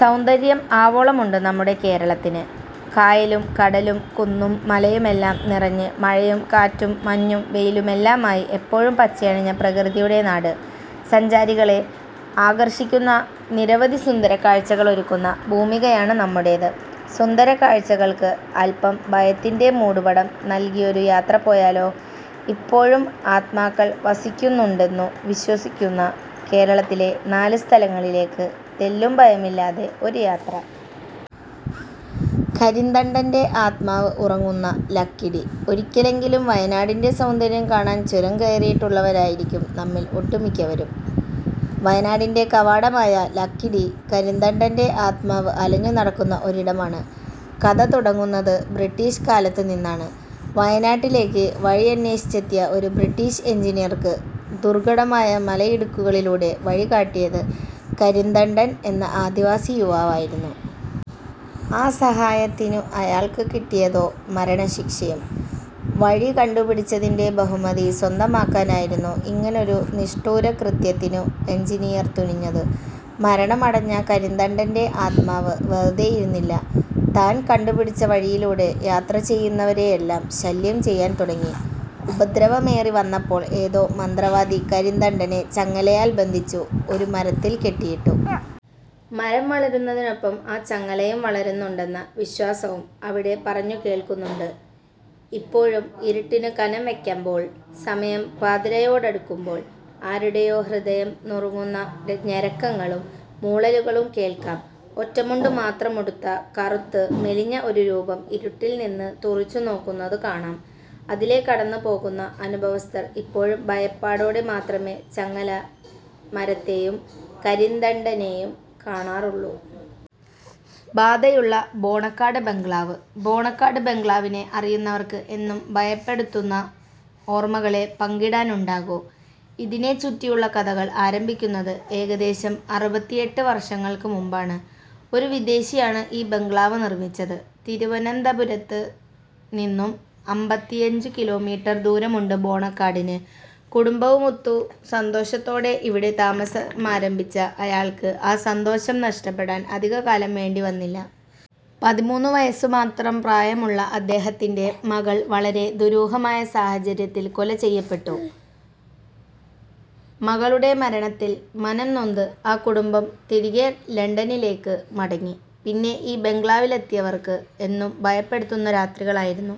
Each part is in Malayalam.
സൗന്ദര്യം ആവോളമുണ്ട് നമ്മുടെ കേരളത്തിന്. കായലും കടലും കുന്നും മലയുമെല്ലാം നിറഞ്ഞ് മഴയും കാറ്റും മഞ്ഞും വെയിലുമെല്ലാമായി എപ്പോഴും പച്ചയണിഞ്ഞ പ്രകൃതിയുടെ നാട്. സഞ്ചാരികളെ ആകർഷിക്കുന്ന നിരവധി സുന്ദരകാഴ്ചകളൊരുക്കുന്ന ഭൂമികയാണ് നമ്മുടേത്. സുന്ദര കാഴ്ചകൾക്ക് അല്പം ഭയത്തിന്റെ മൂടുപടം നൽകിയൊരു യാത്ര പോയാലോ? ഇപ്പോഴും ആത്മാക്കൾ വസിക്കുന്നുണ്ടെന്നു വിശ്വസിക്കുന്ന കേരളത്തിലെ നാല് സ്ഥലങ്ങളിലേക്ക് തെല്ലും ഭയമില്ലാത്ത ഒരു യാത്ര. കരിന്തണ്ടന്റെ ആത്മാവ് ഉറങ്ങുന്ന ലക്കിടി ഒരിക്കലെങ്കിലും വയനാടിന്റെ സൗന്ദര്യം കാണാൻ ചുരം കയറിയിട്ടുള്ളവരായിരിക്കും നമ്മിൽ ഒട്ടുമിക്കവരും. വയനാടിന്റെ കവാടമായ ലക്കിടി, കരിന്തണ്ടന്റെ ആത്മാവ് അലഞ്ഞു നടക്കുന്ന ഒരിടമാണ്. കഥ തുടങ്ങുന്നത് ബ്രിട്ടീഷ് കാലത്തു നിന്നാണ്. വയനാട്ടിലേക്ക് വഴിയന്വേഷിച്ചെത്തിയ ഒരു ബ്രിട്ടീഷ് എഞ്ചിനീയർക്കു ദുർഘടമായ മലയിടുക്കുകളിലൂടെ വഴികാട്ടിയത് കരിന്തണ്ടൻ എന്ന ആദിവാസി യുവാവായിരുന്നു. ആ സഹായത്തിനു അയാൾക്ക് കിട്ടിയതോ മരണശിക്ഷയും. വഴി കണ്ടുപിടിച്ചതിന്റെ ബഹുമതി സ്വന്തമാക്കാനായിരുന്നു ഇങ്ങനൊരു നിഷ്ഠൂരകൃത്യത്തിനു എഞ്ചിനീയർ തുനിഞ്ഞത്. മരണമടഞ്ഞ കരിന്തണ്ടന്റെ ആത്മാവ് വെറുതെയിരുന്നില്ല. താൻ കണ്ടുപിടിച്ച വഴിയിലൂടെ യാത്ര ചെയ്യുന്നവരെയെല്ലാം ശല്യം ചെയ്യാൻ തുടങ്ങി. ഉപദ്രവമേറി വന്നപ്പോൾ ഏതോ മന്ത്രവാദി കരിന്തണ്ടനെ ചങ്ങലയാൽ ബന്ധിച്ചു ഒരു മരത്തിൽ കെട്ടിയിട്ടു. മരം വളരുന്നതിനൊപ്പം ആ ചങ്ങലയും വളരുന്നുണ്ടെന്ന വിശ്വാസവും അവിടെ പറഞ്ഞു കേൾക്കുന്നുണ്ട്. ഇപ്പോഴും ഇരുട്ടിനു കനംവയ്ക്കമ്പോൾ സമയം പാതിരയോടടുക്കുമ്പോൾ ആരുടെയോ ഹൃദയം നുറുങ്ങുന്ന ഞരക്കങ്ങളും മൂളലുകളും കേൾക്കാം ഒറ്റമുണ്ടു മാത്രമുടുത്ത, കറുത്ത് മെലിഞ്ഞ ഒരു രൂപം ഇരുട്ടിൽ നിന്ന് തുറിച്ചു നോക്കുന്നതു കാണാം അതിലെ കടന്നു പോകുന്ന അനുഭവസ്ഥർ ഇപ്പോഴും ഭയപ്പാടോടെ മാത്രമേ ചങ്ങല മരത്തെയും കരിന്തണ്ടനെയും കാണാറുള്ളൂ. ബാധയുള്ള ബോണക്കാട് ബംഗ്ലാവ് ബോണക്കാട് ബംഗ്ലാവിനെ അറിയുന്നവർക്ക് എന്നും ഭയപ്പെടുത്തുന്ന ഓർമ്മകളെ പങ്കിടാനുണ്ടാകൂ. ഇതിനെ ചുറ്റിയുള്ള കഥകൾ ആരംഭിക്കുന്നത് ഏകദേശം അറുപത്തിഎട്ട് വർഷങ്ങൾക്കു മുമ്പാണ്. ഒരു വിദേശിയാണ് ഈ ബംഗ്ലാവ് നിർമ്മിച്ചത്. തിരുവനന്തപുരത്തു നിന്നും അമ്പത്തിയഞ്ചുകിലോമീറ്റർ ദൂരമുണ്ട് ബോണക്കാടിന്. കുടുംബവുമൊത്തു സന്തോഷത്തോടെ ഇവിടെ താമസമാരംഭിച്ച അയാൾക്ക്, ആ സന്തോഷം നഷ്ടപ്പെടാൻ അധിക കാലം വേണ്ടി വന്നില്ല. പതിമൂന്നു വയസ്സു മാത്രം പ്രായമുള്ള അദ്ദേഹത്തിന്റെ മകൾ വളരെ ദുരൂഹമായ സാഹചര്യത്തിൽ കൊല ചെയ്യപ്പെട്ടു. മകളുടെ മരണത്തിൽ മനംനൊന്ത് ആ കുടുംബം തിരികെ ലണ്ടനിലേക്ക് മടങ്ങി. പിന്നെ ഈ ബംഗ്ലാവിലെത്തിയവർക്ക് എന്നും ഭയപെടുത്തുന്ന രാത്രികളായിരുന്നു.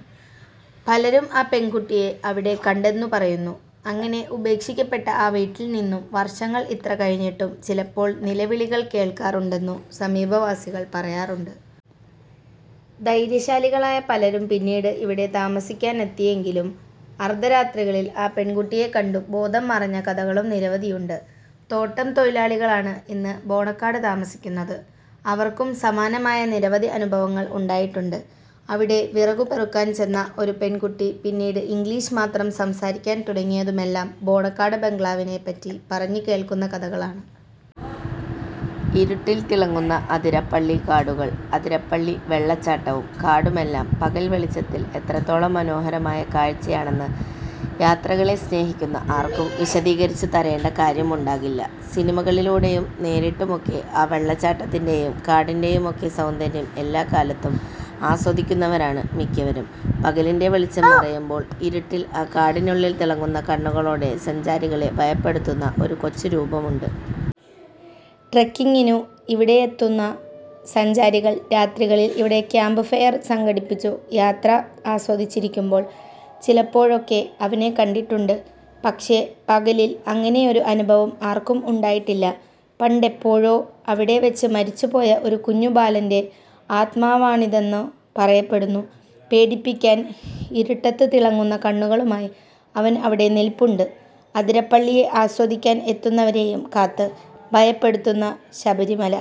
പലരും ആ പെൺകുട്ടിയെ അവിടെ കണ്ടെന്നു പറയുന്നു. അങ്ങനെ ഉപേക്ഷിക്കപ്പെട്ട ആ വീട്ടിൽ നിന്നും വർഷങ്ങൾ ഇത്ര കഴിഞ്ഞിട്ടും ചിലപ്പോൾ നിലവിളികൾ കേൾക്കാറുണ്ടെന്നു സമീപവാസികൾ പറയാറുണ്ട്. ധൈര്യശാലികളായ പലരും പിന്നീട് ഇവിടെ താമസിക്കാനെത്തിയെങ്കിലും അർധരാത്രികളിൽ ആ പെൺകുട്ടിയെ കണ്ടു ബോധം മറഞ്ഞ കഥകളും നിരവധിയുണ്ട്. തോട്ടം തൊഴിലാളികളാണ് ഇന്ന് ബോണക്കാട് താമസിക്കുന്നത്. അവർക്കും സമാനമായ നിരവധി അനുഭവങ്ങൾ ഉണ്ടായിട്ടുണ്ട്. അവിടെ വിറകു പെറുക്കാൻ ചെന്ന ഒരു പെൺകുട്ടി പിന്നീട് ഇംഗ്ലീഷ് മാത്രം സംസാരിക്കാൻ തുടങ്ങിയതുമെല്ലാം ബോണക്കാട് ബംഗ്ലാവിനെ പറ്റി പറഞ്ഞു കേൾക്കുന്ന കഥകളാണ്. ഇരുളിൽ തിളങ്ങുന്ന അതിരപ്പള്ളി കാടുകൾ അതിരപ്പള്ളി വെള്ളച്ചാട്ടവും കാടുമെല്ലാം പകൽ വെളിച്ചത്തിൽ എത്രത്തോളം മനോഹരമായ കാഴ്ചയാണെന്നു യാത്രകളെ സ്നേഹിക്കുന്ന ആർക്കും വിശദീകരിച്ചു തരേണ്ട കാര്യമുണ്ടാകില്ല. സിനിമകളിലൂടെയും നേരിട്ടുമൊക്കെ ആ വെള്ളച്ചാട്ടത്തിന്റെയും കാടിന്റെയുമൊക്കെ സൗന്ദര്യം എല്ലാക്കാലത്തും ആസ്വദിക്കുന്നവരാണ് മിക്കവരും. പകലിന്റെ വെളിച്ചം മറയുമ്പോൾ. ഇരുട്ടിൽ ആ കാടിനുള്ളിൽ തിളങ്ങുന്ന കണ്ണുകളോടെ സഞ്ചാരികളെ ഭയപ്പെടുത്തുന്ന ഒരു കൊച്ചു രൂപമുണ്ട്. ട്രെക്കിങ്ങിനു ഇവിടെയെത്തുന്ന സഞ്ചാരികൾ രാത്രികളിൽ ഇവിടെ ക്യാമ്പ് ഫെയർ സംഘടിപ്പിച്ചു യാത്ര ആസ്വദിച്ചിരിക്കുമ്പോൾ, ചിലപ്പോഴൊക്കെ അവനെ കണ്ടിട്ടുണ്ട്. പക്ഷേ പകലിൽ അങ്ങനെയൊരു അനുഭവം ആർക്കും ഉണ്ടായിട്ടില്ല. പണ്ടെപ്പോഴോ അവിടെ വെച്ച് മരിച്ചുപോയ ഒരു കുഞ്ഞു ബാലന്റെ ആത്മാവാണിതെന്നു പറയപ്പെടുന്നു. പേടിപ്പിക്കാൻ ഇരുട്ടത്ത് തിളങ്ങുന്ന കണ്ണുകളുമായി അവൻ അവിടെ നിൽപ്പുണ്ട് അതിരപ്പള്ളിയെ ആസ്വദിക്കാൻ എത്തുന്നവരെയും കാത്ത്. ഭയപ്പെടുത്തുന്ന ശബരിമല.